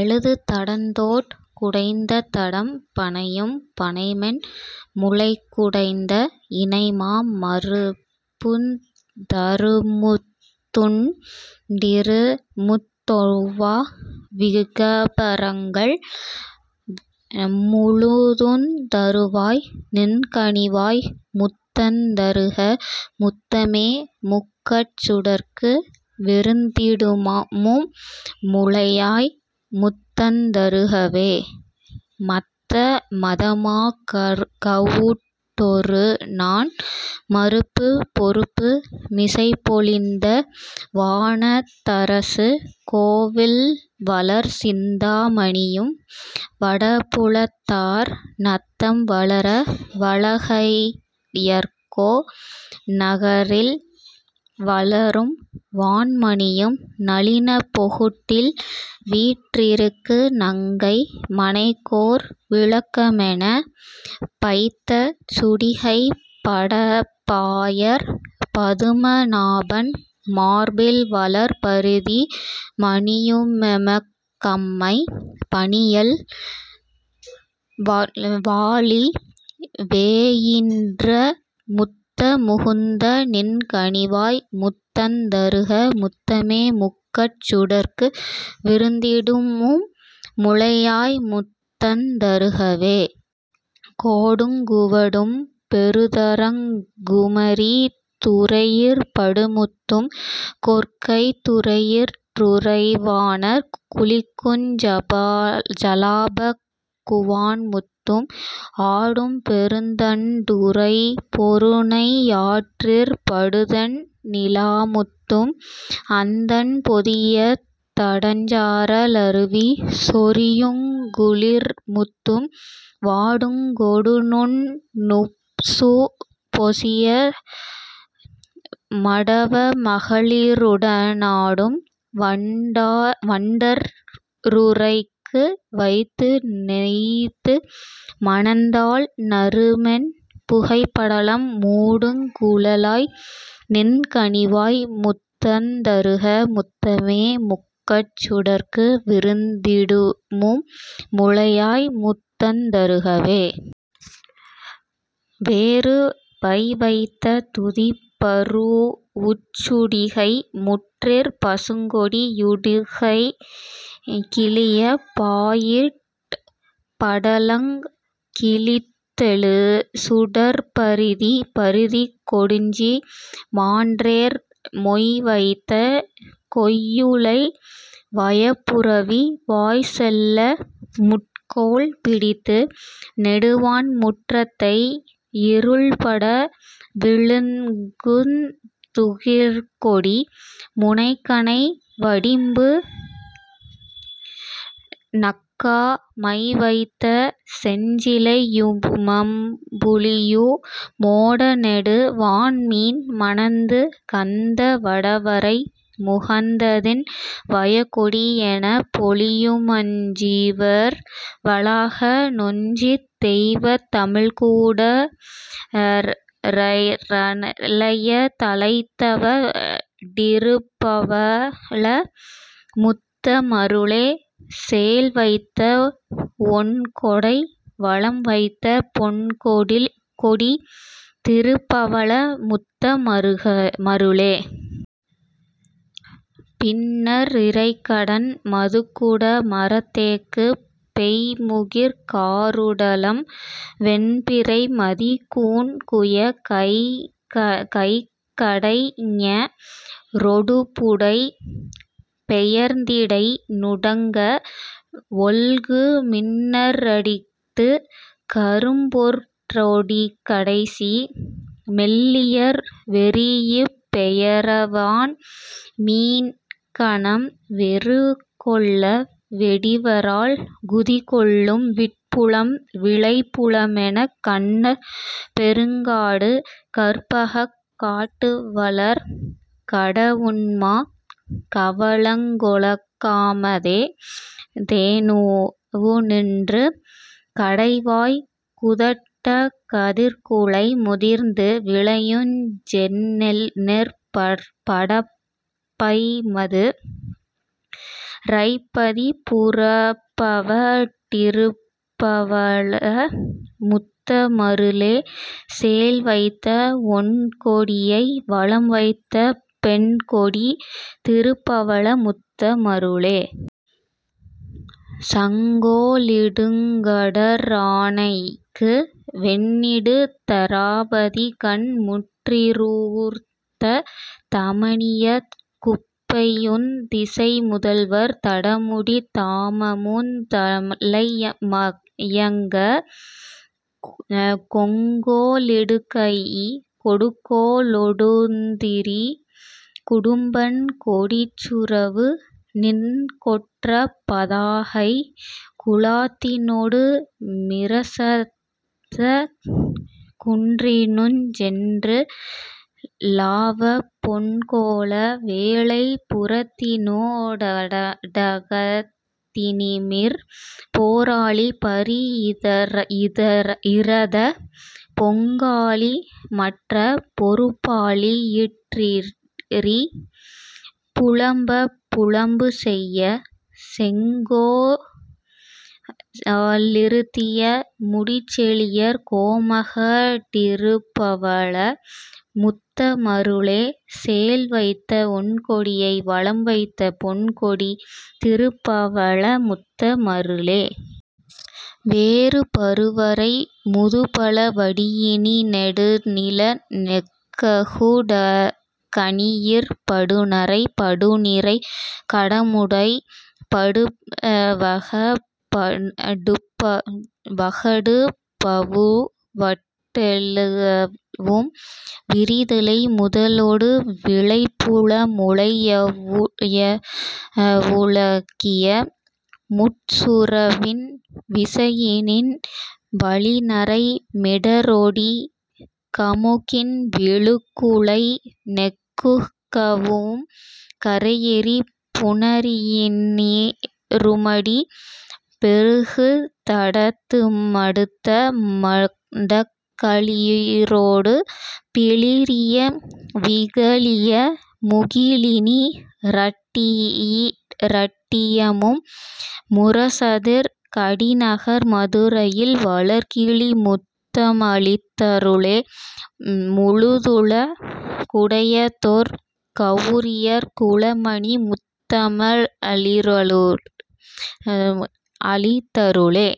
எழுது தடந்தோட் குடைந்ததடம் பணையும் பணைமென் முலைக்குடைந்த இணைமா மருப்புந் தருமுத்துன் டிருமுத் தொவ்வா விகபரங்கள் முழுதுந் தருவாய் நின்கனிவாய் முத்தந் தருக முத்தமே முக்கட் சுடர்க்கு விருந்திடுமும் முலையாய் முத்தந் தருகவே. மத்த மதமாக் கவுட்டொருநான் மருப்புப் பொருப்பு மிசைப்பொலிந்த வானத் தரசு கோயில்வளர் சிந்தா மணியும் வடபுலத்தார் நத்தம் வளர வளகையர்கோ னகரில் வளரும் வான்மணியும் நளினப் பொகுட்டில் வீற்றிருக்கு நங்கை மனைக்கோர் விளக்கமெனப் பைத்த சுடிகைப் படப்பாயற் பதுமநாபன் மார்பில்வளர் பரிதி மணியு மெமக்கம்மை பணியல் வாழி வேயீன்ற முத்த முகுந்த நின்கனிவாய் முத்தந் தருக முத்தமே முக்கட் சுடர்க்கு விருந்திடுமும் முலையாய்முத்தந் தருகவே. கோடுங் குவடும் பருதரங்கக் குமரித் துறையிற் படுமுத்தும் கொற்கைத் துறையிற் றுறைவாணர் குளிக்குஞ் சலாபக் குவான்முத்தும் ஆடும் பெருந்தண் டுறைப்பொருநை யாற்றிற் படுதெண் ணிலாமுத்தும் அந்தண் பொதியத் தடஞ்சார லருவி சொரியுங் குளிர்முத்தும் வாடுங் கொடிநுண் ணுசுப்பொசிய மடவ மகளி ருடனாடும் வண்டற் றுறைக்கு வைத்துநெய்த்து மணந்தாழ் நறுமென் புகைப்படலம் மூடுங் குழலாய் நின்கனிவாய் முத்தந் தருக முத்தமே முக்கட் சுடர்க்கு விருந்திடுமும் முலையாய் முத்தந் தருகவே. வேறு பைவைத்த துத்திப் பரூஉச்சுடிகை முன்றிற் பசுங்கொடி யுடுக்கை கிழியப் பாயிருட் படலங் கிழித்தெழு சுடர்ப்பரிதி பரிதிக் கொடிஞ்சி மான்றேர் மொய்வைத்த கொய்யுளை வயப்புரவி வாய்ச்செல்ல முட்கோல் பிடித்து நெடுவான் முற்றத்தை யிருள்பட விழுங்குந் துகிற்கொடி முனைக்கணை வடிம்பு நக்கா மைவைத்த செஞ்சிலையு மம்புலியு மோடநெடு வான்மீன் மணந்து கந்த வடவரை முகந்தநின் வயக்கொடி யெனப்பொலியு மஞ்சிவர் வளாக நொஞ்சித் தெய்வத் தமிழ்க்கூட றழையத் தழைத்தவ டிருப்பவள முத்த மருளே சேல்வைத்த வொண்கொடியை வலம்வைத்த பெண்கொடி திருப்பவள முத்த மருளே. பின்னற் றிறைக்கடன் மதுக்குட மறத்தேக்கு பெய்முகிற் காருடலம் வெண் பிறைமதிக் கூன்குயக் கைக்கடைஞ ரொடுபுடை பெயர்ந்திடை நுடங்க வொல்கு மின்னற் றடித்துக் கரும்பொற்றொடிக்கடைசி மெல்லியர் வெரீஇப் பெயரவான் மீன்கணம் வெருக்கொள்ள வெடிவரால் குதிகொள்ளும் விட்புலம் விளை புலமெனக் கன்னற் பெருங்காடு கற்பகக் காட்டுவளர் கடவுண்மா கவளங் கொளக் காமதே னுவுநின்று கடைவாய் குதட்டக் கதிர்க்குலை முதிர்ந்து விளையுஞ் செந்நெற் படப்பைமது ரைப்பதி புரப்பவ டிருப்பவள முத்த மருளே சேல்வைத்த வொண்கொடியை வலம்வைத்த பெண்கொடி திருப்பவள முத்த மருளே. சங்கோ லிடுங்கடற் றானைக்கு வெந்நிடு தராபதிகண் முன்றிறூர்த்த தமனியக் குப்பையுந் திசைமுதல்வர் தடமுடித் தாமமுந் தலைம யங்கக் கொங்கோ லிடுங்கைக் கொடுங்கோ லொடுந்திரி குறும்பன் கொடிச்சுறவு நின் கொற்றப் பதாகைக் குழாத்தினொடு மிரசதக் குன்றினுஞ் சென்று லாவப் பொன்கோல வேலைப் புறத்தினொ டகத்தினிமிர் போராழி பரிதி யிரதப் பொங்காழி மற்றப் பொருப்பாழி யிற்றிரி புலம்பப் புலம்பு செய்யச் செங்கோ றிருத்திய முடிச்செழியர் கோமக டிருப்பவள முத்த மருளே சேல்வைத்த வொண்கொடியை வலம்வைத்த பொண்கொடி திருப்பவள முத்த மருளே. வேறு பருவரை முதுபல வடியினி னெடுநில நெக்ககு டக்கனியிற் படுநறை படுநிறை கடமுடை படுவக டுப்பவு வட்டெழவும் விரிதலை முதலொடு விளைபுல முலையவு ழக்கிய முட்சுறவின் விசையினின் வழிநறை மிடறொடி கமுகின்வி ழுக்குலை நெக்குகவும் கரையெறி புணரியி னிருமடி பெருகுத டத்தும டுத்தமடக் களிறொடு பிளிறிய விகலிய முகிலினி ரட்டியி ரட்டியமும் முரசதிர் கடிநகர் மதுரையில் வளர்கிளி முத்தம ளித்தருளே முழுதுல குடையதொர் கவுரியர் குலமணி முத்தம ளித்தருளே.